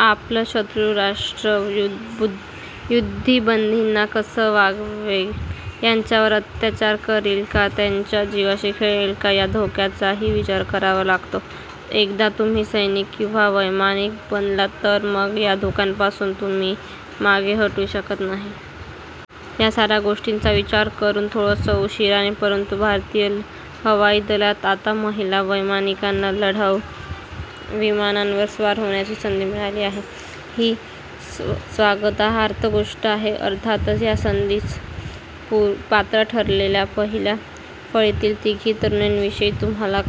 आपलं शत्रूराष्ट्र युद्धबंदींना कसं वागवेल, त्यांच्यावर अत्याचार करील का, त्यांच्या जिवाशी खेळेल का, या धोक्याचाही विचार करावा लागतो. एकदा तुम्ही सैनिक किंवा वैमानिक बनलात, तर मग या धोक्यांपासून तुम्ही मागे हटू शकत नाही. या साऱ्या गोष्टींचा विचार करून, थोडंसं उशिराने परंतु भारतीय हवाई दलात आता महिला वैमानिकांना लढाऊ विमानांवर स्वार होण्याची संधी मिळाली आहे, ही स्वागतार्ह गोष्ट आहे. अर्थातच या संधीस पात्र ठरलेल्या पहिल्या फळीतल्या तिघी तरुणींविषयी तुम्हाला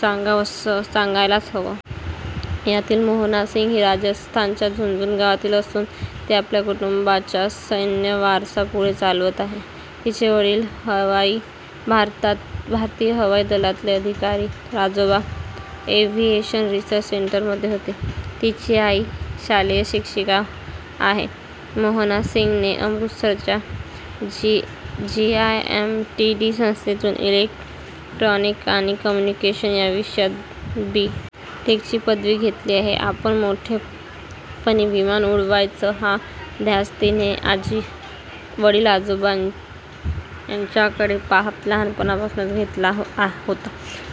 सांगायलाच हवं. यातली मोहना सिंग ही राजस्थानच्या झुनझुनू गावची असून ती आपल्या कुटुंबाचा सैन्यवारसा पुढे चालवत आहे. तिचे वडील भारतीय हवाई दलातले अधिकारी, तर आजोबा एव्हिएशन रिसर्च सेंटरमध्ये होते. तिची आई शालेय शिक्षिका आहे. मोहना सिंगने अमृतसरच्या जीएमआयईटी संस्थेतून इलेक्ट्रॉनिक्स आणि कम्युनिकेशन या विषयात बी. टेक.ची पदवी घेतली. आपण मोठेपणी विमान उडवायचं, हा ध्यास तिने वडील-आजोबा यांच्याकडे पाहत लहानपणापासूनच घेतला होता.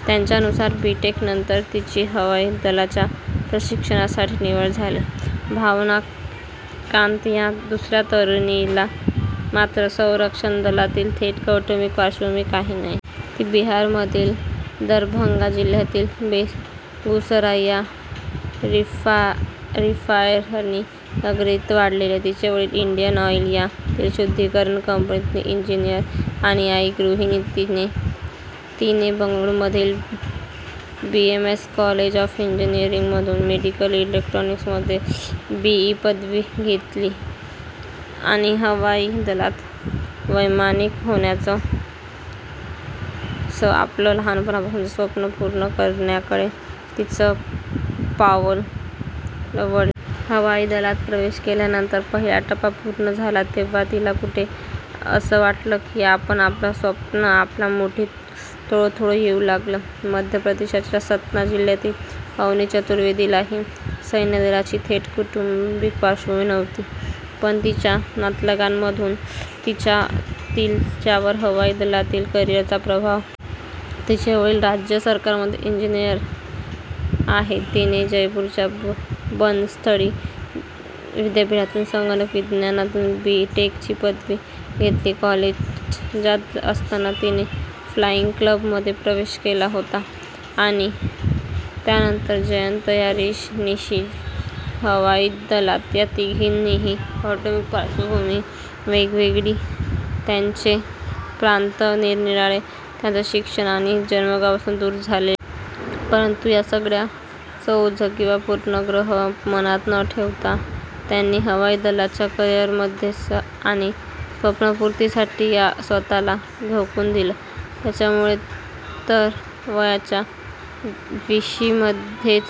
त्यानुसार बी. टेक. नंतर तिची हवाई दलाच्या प्रशिक्षणासाठी निवड झाली. भावना कांत या दुसऱ्या तरुणीला मात्र संरक्षण दलाची थेट कौटुंबिक पार्श्वभूमी काही नाही. ती बिहारच्या दरभंगा जिल्ह्यातील बेगुसराई या रिफायनरी नगरीत वाढलेली. तिचे वडील इंडियन ऑइल या तेलशुद्धीकरण कंपनीत इंजिनिअर आणि आई गृहिणी. तिने बंगळुरूमधील बीएमएस कॉलेज ऑफ इंजिनिअरिंगमधून मेडिकल इलेक्ट्रॉनिक्समध्ये बीई पदवी घेतली आणि हवाई दलात वैमानिक होण्याचं आपलं लहानपणापासूनचं स्वप्न पूर्ण करण्याकडे तिची पावलं वळली. हवाई दलात प्रवेश केल्यानंतर पहिला टप्पा पूर्ण झाला, तेव्हा कुठे तिला असं वाटलं की आता आपलं स्वप्न आपल्या मुठीत थोडं थोडं येऊ लागलंय. मध्य प्रदेशच्या सतना जिल्ह्यातील अवनी चतुर्वेदीलाही सैन्यदलाची थेट कौटुंबिक पार्श्वभूमी नव्हतीच, पण तिच्या नातलगांमधून तिच्यावर हवाई दलातील करिअरचा प्रभाव पडला होता. तिचे वडील राज्य सरकारमध्ये इंजिनिअर आहेत. तिने जयपूरच्या बनस्थळी विद्यापीठातून संगणक विज्ञानातून बी. टेक.ची पदवी घेतली. कॉलेजात असतानाच तिने फ्लाइंग क्लबमध्ये प्रवेश केला होता आणि त्यानंतर जय्यत तयारीनिशी हवाई दलात. या तिघींचीही कौटुंबिक पार्श्वभूमी वेगवेगळी, त्यांचे प्रांत निरनिराळे, त्यांचं शिक्षण त्यांच्या जन्मगावापासून दूर झालेलं. परंतु या सगळ्याचं ओझं किंवा पूर्वग्रह मनात न ठेवता त्यांनी हवाई दलातील करिअरसाठी आणि स्वप्नपूर्तीसाठी स्वतःला झोकून दिलं. त्यामुळेच तर वयाच्या विशीमध्येच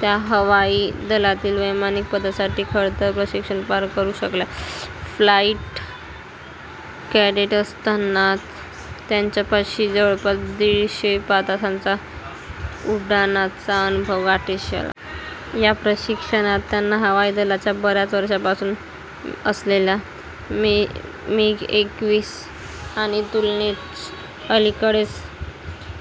त्या हवाई दलातील वैमानिकपदासाठीचं खडतर प्रशिक्षण पार करू शकल्या. फ्लाइट कॅडेट असतानाच त्यांच्यापाशी जवळपास दीडशे तासांच्या उड्डाणाचा अनुभव गाठीशी आला. या प्रशिक्षणात त्यांना हवाई दलात बऱ्याच वर्षांपासून असलेल्या मिग एकवीस किंवा तुलनेने अलीकडेच दाखल